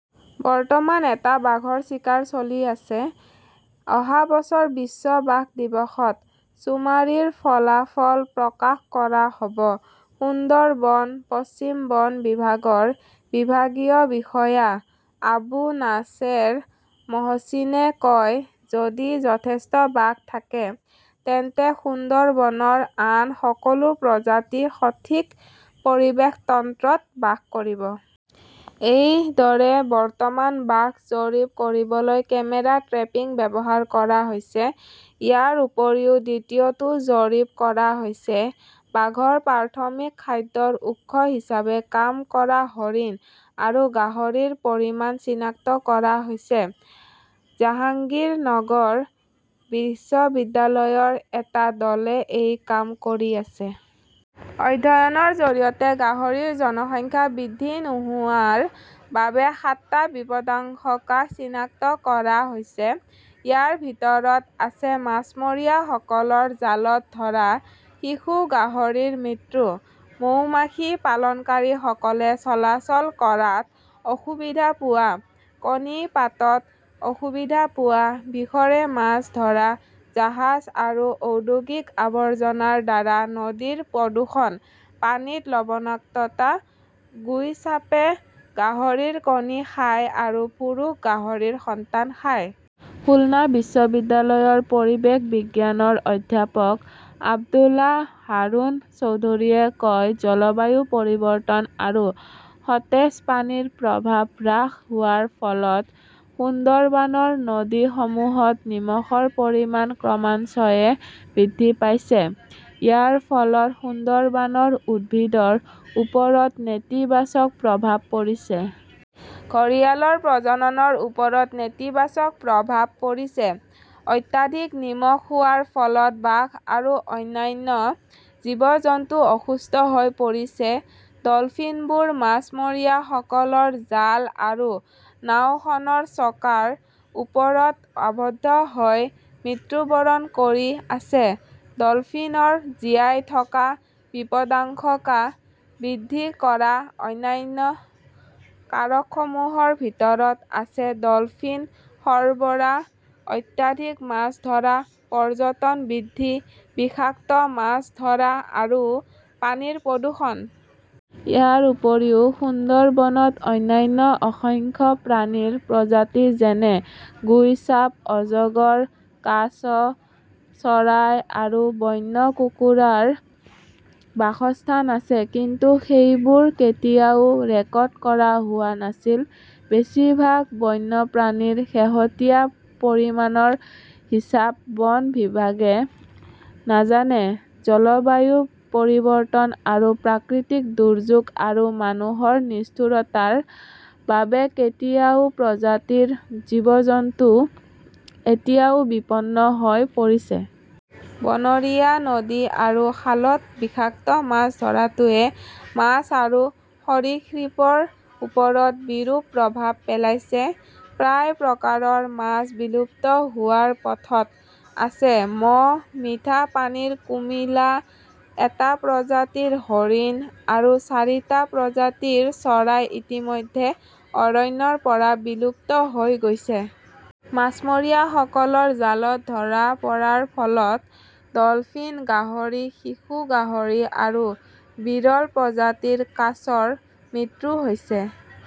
বৰ্তমান এটা বাঘৰ চিকাৰ চলি আছে। অহা বছৰ বিশ্ব বাঘ দিৱসত চুমাৰীৰ ফলাফল প্ৰকাশ কৰা হ'ব। সুন্দৰবন পশ্চিম বন বিভাগৰ বিভাগীয় বিষয়া আবু নাছেৰ মহচিনে কয়, যদি যথেষ্ট বাঘ থাকে তেন্তে সুন্দৰবনৰ আন সকলো প্ৰজাতি সঠিক পৰিৱেশ তন্ত্ৰত বাস কৰিব। এইদৰে বৰ্তমান বাঘৰ জৰীপ কৰিবলৈ কেমেৰা ট্ৰেপিং ব্যৱহাৰ কৰা হৈছে। ইয়াৰ উপৰিও, দ্বিতীয়টো জৰীপ কৰা হৈছে। বাঘৰ প্ৰাথমিক খাদ্যৰ উৎস হিচাপে কাম কৰা হৰিণ আৰু গাহৰিৰ পৰিমাণ চিনাক্ত কৰা হৈছে। জাহাংগীৰনগৰ বিশ্ববিদ্যালয়ৰ এটা দলে এই কাম কৰি আছে। অধ্যয়নৰ জৰিয়তে গাহৰিৰ জনসংখ্যা বৃদ্ধি নোহোৱাৰ বাবে সাতটা বিপদাশংকা চিনাক্ত কৰা হৈছে। ইয়াৰ ভিতৰত আছে মাছমৰীয়াসকলৰ জালত ধৰা শিশু গাহৰিৰ মৃত্যু, মৌমাখি পালনকাৰীসকলে চলাচল কৰাত অসুবিধা পোৱা, কণী পাতাত অসুবিধা পোৱা, বিষৰে মাছ ধৰা, জাহাজ আৰু ঔদ্যোগিক আৱৰ্জনাৰ দ্বাৰা নদীৰ প্ৰদূষণ, পানীত লবণাক্ততা, গুইছাপ্পে গাহৰিৰ কণী খায় আৰু পুৰুষ গাহৰিৰ সন্তান খায়। খুলনা বিশ্ববিদ্যালয়ৰ পৰিৱেশ বিজ্ঞানৰ অধ্যাপক আব্দুল্লাহ হাৰুন চৌধুৰীয়ে কয় জলবায়ু পৰিৱৰ্তন আৰু সতেজ পানীৰ প্ৰৱাহ হ্ৰাস হোৱাৰ ফলত সুন্দৰবনৰ নদীসমূহত নিমখৰ পৰিমাণ ক্ৰমান্বয়ে বৃদ্ধি পাইছে। ইয়াৰ ফলত সুন্দৰবনৰ উদ্ভিদৰ ওপৰত নেতিবাচক প্ৰভাৱ পৰিছে। ঘঁৰিয়ালৰ প্ৰজননৰ ওপৰত নেতিবাচক প্ৰভাৱ পৰিছে। অত্যাধিক নিমখ খোৱাৰ ফলত বাঘ আৰু অন্যান্য জীৱ-জন্তু অসুস্থ হৈ পৰিছে। ডল্ফিনবোৰ মাছমৰীয়াসকলৰ জাল আৰু নাওখনৰ চকাৰ ওপৰত আবদ্ধ হৈ মৃত্যুবৰণ কৰি আছে। ডলফিনৰ জীয়াই থকাৰ বিপদাশংকা বৃদ্ধি কৰা অন্যান্য কাৰকসমূহৰ ভিতৰত আছে ডলফিন সৰবৰাহ, অত্যাধিক মাছ ধৰা, পৰ্যটন বৃদ্ধি, বিষাক্ত মাছ ধৰা আৰু পানীৰ প্ৰদূষণ। ইয়াৰ উপৰিও, সুন্দৰবনত অন্যান্য অসংখ্য প্ৰাণীৰ প্ৰজাতি যেনে গুইছাপ, অজগৰ, কাছ, চৰাই আৰু বন্য কুকুৰাৰ বাসস্থান আছে, কিন্তু সেইবোৰ কেতিয়াও ৰেকৰ্ড কৰা হোৱা নাছিল। বেছিভাগ বন্যপ্ৰাণীৰ শেহতীয়া পৰিমাণৰ হিচাপ বন বিভাগে নাজানে। জলবায়ু পৰিৱৰ্তন আৰু প্ৰাকৃতিক দুৰ্যোগ আৰু মানুহৰ নিষ্ঠুৰতাৰ বাবে কেইবাটাও প্ৰজাতিৰ জীৱ-জন্তু এতিয়া বিপন্ন হৈ পৰিছে। বনৰীয়া নদী আৰু খালত বিষাক্ত মাছ ধৰাটোৱে মাছ আৰু সৰীসৃপৰ ওপৰত বিৰূপ প্ৰভাৱ পেলাইছে। প্ৰায় প্ৰকাৰৰ মাছ বিলুপ্ত হোৱাৰ পথত আছে। ম 'হ, মিঠা পানীৰ কুমিলা, এটা প্ৰজাতিৰ হৰিণ আৰু চাৰিটা প্ৰজাতিৰ চৰাই ইতিমধ্যে অৰণ্যৰ পৰা বিলুপ্ত হৈ গৈছে। মাছমৰীয়াসকলৰ জালত ধৰা পৰাৰ ফলত ডলফিন, গাহৰি, শিশু গাহৰি আৰু বিৰল প্ৰজাতিৰ কাছৰ মৃত্যু হৈছে।